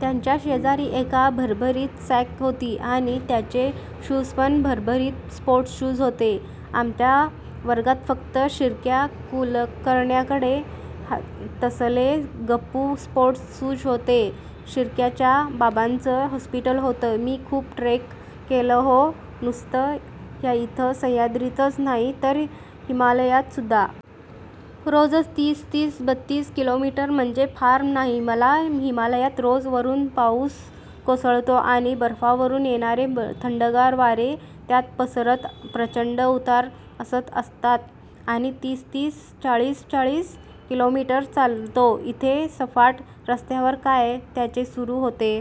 त्याच्याशेजारी एक भारीतली सॅक होती आणि त्याचे शूजपण भारीतले स्पोर्ट शूज होते. आमच्या वर्गात फक्त शिर्क्या कुलकर्ण्याकडे तसले गब्बू स्पोर्ट शूज होते. शिर्क्याच्या बाबांचं हॉस्पिटल होतं. मी खूप ट्रेक केलेत हो. नुसतं इथं सह्याद्रीतच नाही तर हिमालयात सुद्धा. रोजचं तीस-बत्तीस किलोमीटर म्हणजे फार नाही मला. हिमालयात रोज वरुन पाउस कोसळतो आणि बर्फावरुन येणारे थंडगार वारे. त्यात परत प्रचंड चढ-उतार. असं असताना आम्ही तीस-तीस चाळीस-चाळीस किलोमीटर चालतो. इथे सपाट रस्त्यावर काय. त्याचे सुरु होते.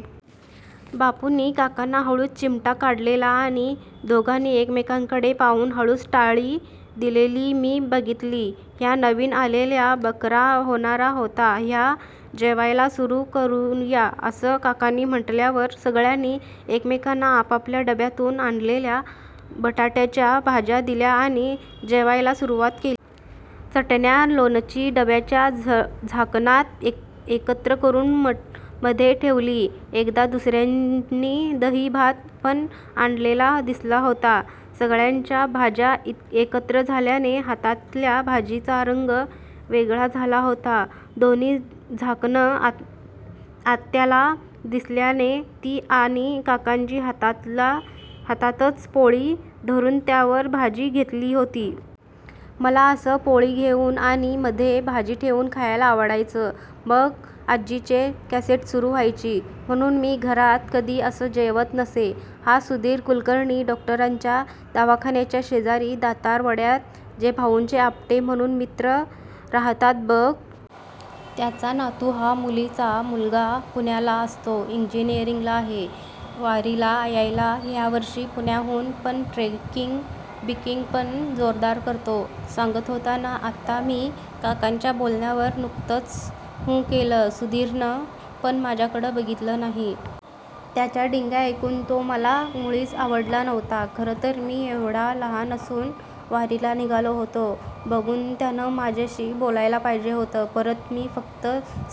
बापूंनी काकांना हळूच चिमटा काढलेला आणि दोघांनी एकमेकांकडे पाहून हळूच टाळी दिलेली मी बघितली. ह्या नवीन आलेल्याचा बकरा होणार होता. घ्या. जेवायला सुरु करुया असं काकांनी म्हटल्यावर सगळ्यांनी एकमेकांना आपापल्या डब्यातून आणलेल्या बटाट्याच्या भाज्या दिल्या आणि जेवायला सुरुवात केली. चटण्या-लोणची डब्यांच्या झाकणात एकत्र करुन मध्ये ठेवली. एखाद-दुसर्यांनी दही भात पण आणलेला दिसत होता. सगळ्यांच्या भाज्या एकत्र झाल्याने हातातल्या भाजीचा रंग वेगळाच झाला होता. दोन्ही झाकणं आत्याला दिल्याने मी आणि काकांनी हातातच पोळी धरुन त्यावर भाजी घेतली होती. मला असं हातात पोळी घेउन आणि मध्ये भाजी ठेवून खायला आवडायचं. पण मग आज्जीची कॅसेट सुरु व्हायची म्हणुन मी घरात कधी असं जेवत नसे. हा सुधीर. कुलकर्णी डॉक्टरांच्या दवाखान्याच्या शेजारी दातार वाड्यात ते भाउंचे आपटे म्हणुन एक मित्र राहतात बघ. त्यांचा नातू हा. मुलीचा मुलगा. पुण्याला असतो. इंजिनीअरींगला आहे. वारीला आलाय ह्यावर्षी पुण्याहून. पण ट्रेकिंग-बिकींग पण जोरदार करतो. सांगत होता ना आत्ता. मी काकांच्या बोलण्यावर नुसतंच हुं केलं. सुधीरनं पण माझ्याकडं बघितलं नाही. त्याच्या डिंग्या ऐकून तो मला मुळीच आवडला नव्हता. खरंतर मी एव्हडा लहान असून वारीला निघालो होतो हे बघून त्यानं माझ्याशी बोलायला पाहिजे होतं. परत मी फक्त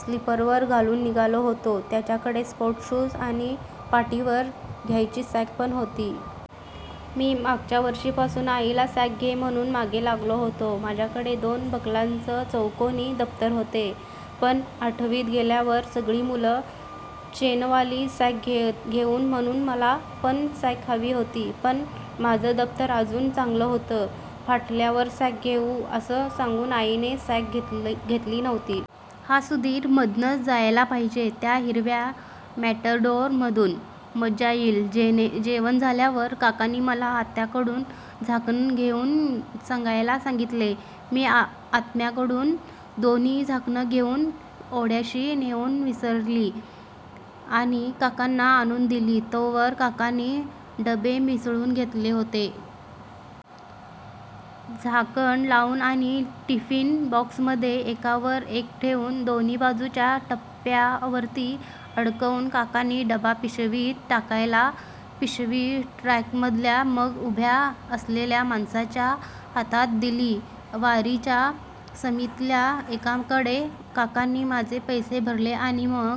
स्लीपर घालून निघालो होतो. ह्याच्याकडं स्पोर्ट शूज आणि पाठीवर घ्यायची सॅक पण होती. मी मागच्या वर्षीपासून आईला सॅक घे म्हणुन मागे लागलो होतो. माझ्याकडे दोन बकलांचं चौकोनी दप्तर होतं. पण आठवीत गेल्यावर सगळी मुलं चेनवाली सॅक घेतात म्हणुन मला पण सॅक हवी होती. पण माझं दप्तर अजून चांगलं होतं, फाटल्यावर सॅक घेउ असं सांगून आईने सॅक घेतली नव्हती. हा सुधीर मधनंच जायला पाहिजे त्या हिरव्या मेटॅडोर मधून. मज्जा येईल. जेवण झाल्यावर काकांनी मला आत्याकडून झाकणं घेउन यायला सांगितली. मी आत्याकडून दोन्ही झाकणं घेउन ओढ्याशी नेउन विसळली आणि काकांना आणून दिली. तोवर काकांनी डबे विसळून ठेवले होते. झाकण लावून आणि टिफीन बॉक्समध्ये एकावर एक ठेवून, दोन्ही बाजूच्या पट्ट्या वरती अडकवून काकांनी डबा पिशवीत टाकला. पिशवी ट्रकमधल्या मागं उभ्या असलेल्या माणसाच्या हातात दिली. वारीच्या समितीतल्या एकांकडे काकांनी माझे पैसे भरले आणि मग